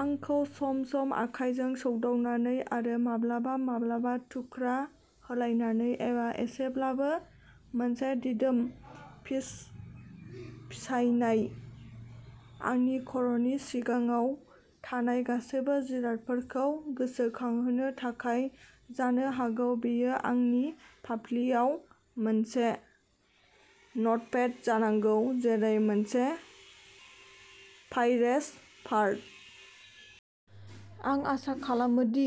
आंखौ सम-सम आखायजों सौदावनानै आरो माब्लाबा-माब्लाबा थुख्रा होलायनानै.. एबा एसेब्लाबो मोनसे दिदोम फिसफिसायनाय, आंनि खर'नि सिगाङाव थानाय गासैबो जिरादफोरखौ गोसोखांहोनो थाखाय... जानो हागौ बेयो आंनि फाफ्लिआव मोनसे नटपेड जानांगौ जेरै मोनसे पाइरेट्स पारट? आं आसा खालामो दि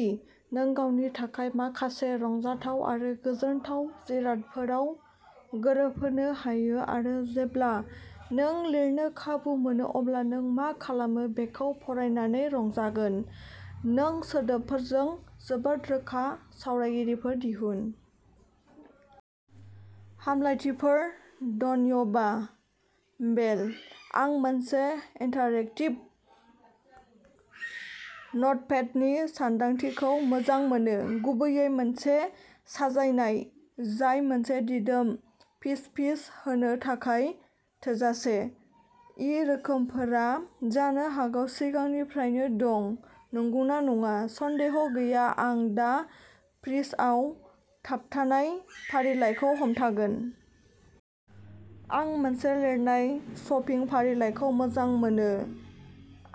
नों गावनि थाखाय माखासे रंजाथाव आरो गोजोनथाव जिरादफोराव गोरोबहोनो हायो आरो जेब्ला नों लिरनो खाबु मोनो अब्ला नों मा खालामो बेखौ फरायनानै रंजागोन। नों सोदोबफोरजों जोबोद रोखा सावगारिफोर दिहुनो। हामलायथिफोर। धन्यबा, भेल। आं मोनसे इन्टारेक्टिभ नटपेडनि सानदांथिखौ मोजां मोनो, गुबैयै मोनसे साजायनाय जाय मोनसे दिदोम फिसफिस होनो थाखाय थोजासे। इ रोखोमफोरा जानो हागौ सिगांनिफ्रायनो दं, नंगौना नङा? सन्देह गैया आं दा फ्रिजआव थाबथानाय फारिलाइखौ हमथागोन। आं मोनसे लिरनाय शपिं फारिलाइखौ मोजां मोनो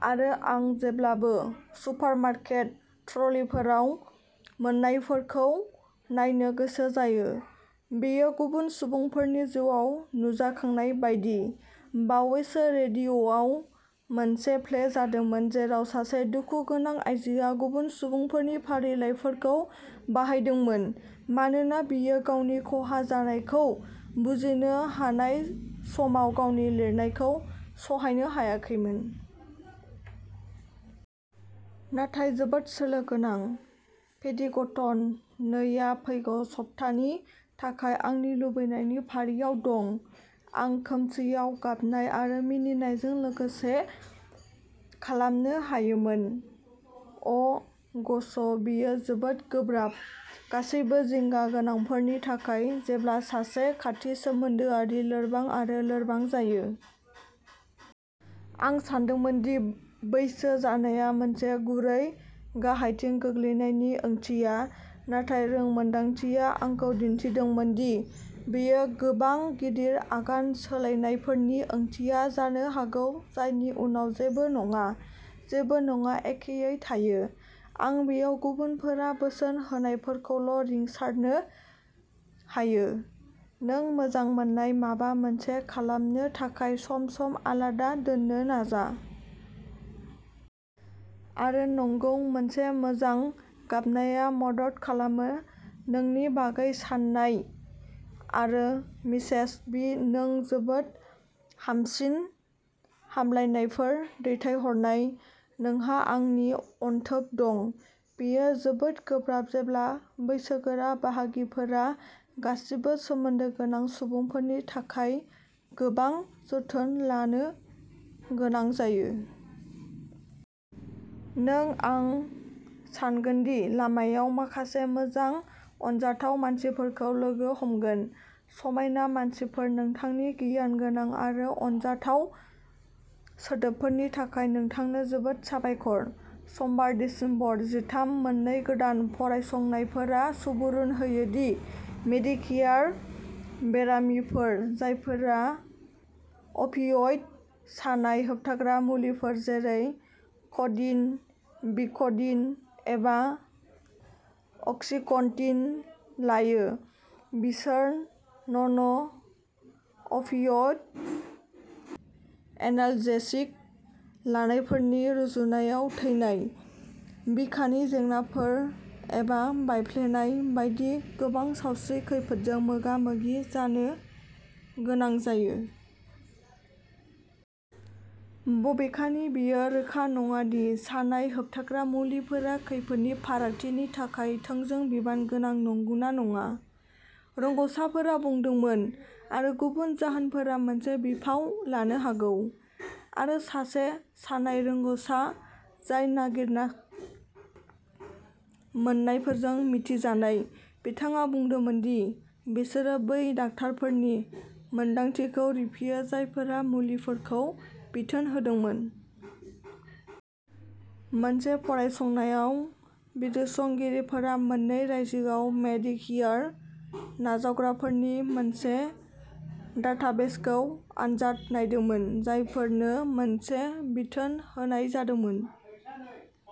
आरो आं जेब्लाबो सुपारमार्केट ट्रलिफोराव मोन्नायफोरखौ नायनो गोसो जायो। बेयो गुबुन सुबुंफोरनि जिउआव नुजाखांनाय बायदि। बावैसो रेडिअ'आव मोनसे प्ले जादोंमोन, जेराव सासे दुखुगोनां आइजोआ गुबुन सुबुंफोरनि फारिलाइफोरखौ बाहायदोंमोन, मानोना बियो गावनि खहा जानायखौ बुजिनो हानाय समाव गावनि लिरनायखौ सहायनो हायाखैमोन। नाथाय जोबोद सोलो गोनां। पेडिंगटन नै आ फैगौ सप्तानि थाखाय आंनि लुबैनायनि फारियाव दं। आं खोमसिआव गाबनाय आरो मिनिनायजों लोगोसे खालामनो हायोमोन। अ', ग'श, बेयो जोबोद गोब्राब, गासैबो जिंगा गोनांफोरनि थाखाय, जेब्ला सासे खाथि सोमोन्दोआरिआ लोरबां आरो लोरबां जायो। आं सानदोंमोन दि बैसो जानाया मोनसे गुरै गाहायथिं गोग्लैनायनि ओंथिया, नाथाय रोंमोन्दांथिया आंखौ दिन्थिदोंमोन दि बेयो गोबां गिदिर आगान सोलायनायफोरनि ओंथिया जानो हागौ, जायनि उनाव जेबो नङा, जेबो नङा, एखेयै थायो। आं बेयाव गुबुनफोरा बोसोन होनायफोरखौल'रिंसारनो हायो, नों मोजां मोननाय माबा मोनसे खालामनो थाखाय सम-सम आलादा दोननो नाजा। आरो, नंगौ, मोनसे मोजां गाबनाया मदद खालामो। नोंनि बागै सान्नाय आरो मिसेस बि. नो जोबोद हामसिन हामलायनायफोर दैथायहरनाय। नोंहा आंनि अनथोब दं। बेयो जोबोद गोब्राब जेब्ला बैसोगोरा बाहागिफोरा गासिबो सोमोन्दो गोनां सुबुंफोरनि थाखाय गोबां जोथोन लानो गोनां जायो। नों आं सान्गोन दि लामायाव माखासे मोजां अनजाथाव मानसिफोरखौ लोगो हमगोन। समायना मानसिफोर-नोंथांनि गियानगोनां आरो अनजाथाव सोदोबफोरनि थाखाय नोंथांनो जोबोद साबायखर। समबार, दिसेम्बर जिथाम, मोननै गोदान फरायसंनायफोरा सुबुरुन होयो दि मेडिकेयार बेरामिफोर जायफोरा अफियइड सानाय होबथाग्रा मुलिफोर जेरै क'डिन, भिक'डिन एबा अक्सिकन्टिन लायो, बिसोर नन-अफियइड एनाल्जेसिक लानायफोरनि रुजुनायाव थैनाय, बिखानि जेंनाफोर एबा बायफ्लेनाय बायदि गोबां सावस्रि खैफोदजों मोगा-मोगि जानो गोनां जायो। बबेखानि, बेयो रोखा नङा दि सानाय होबथाग्रा मुलिफोरा खैफोदनि फारागथिनि थाखाय थोंजों बिबान गोनां नंगौना नङा, रोंगसाफोरा बुंदोंमोन, आरो गुबुन जाहोनफोरा मोनसे बिफाव लानो हागौ। आरो सासे सानाय रोंगसा जाय नागिरना मोन्नायफोरजों मिथिजानाय, बिथाङा बुंदोंमोन दि बिसोरो बै डाक्टारफोरनि मोनदांथिखौ रिफियो जायफोरा मुलिफोरखौ बिथोन होदोंमोन। मोनसे फरायसंनायाव, बिजिरसंगिरिफोरा मोन्नै रायजोआव मेडिकेयार नाजावग्राफोरनि मोनसे डाटाबेसखौ आनजाद नायदोंमोन, जायफोरनो मोनसे बिथोन होनाय जादोंमोन।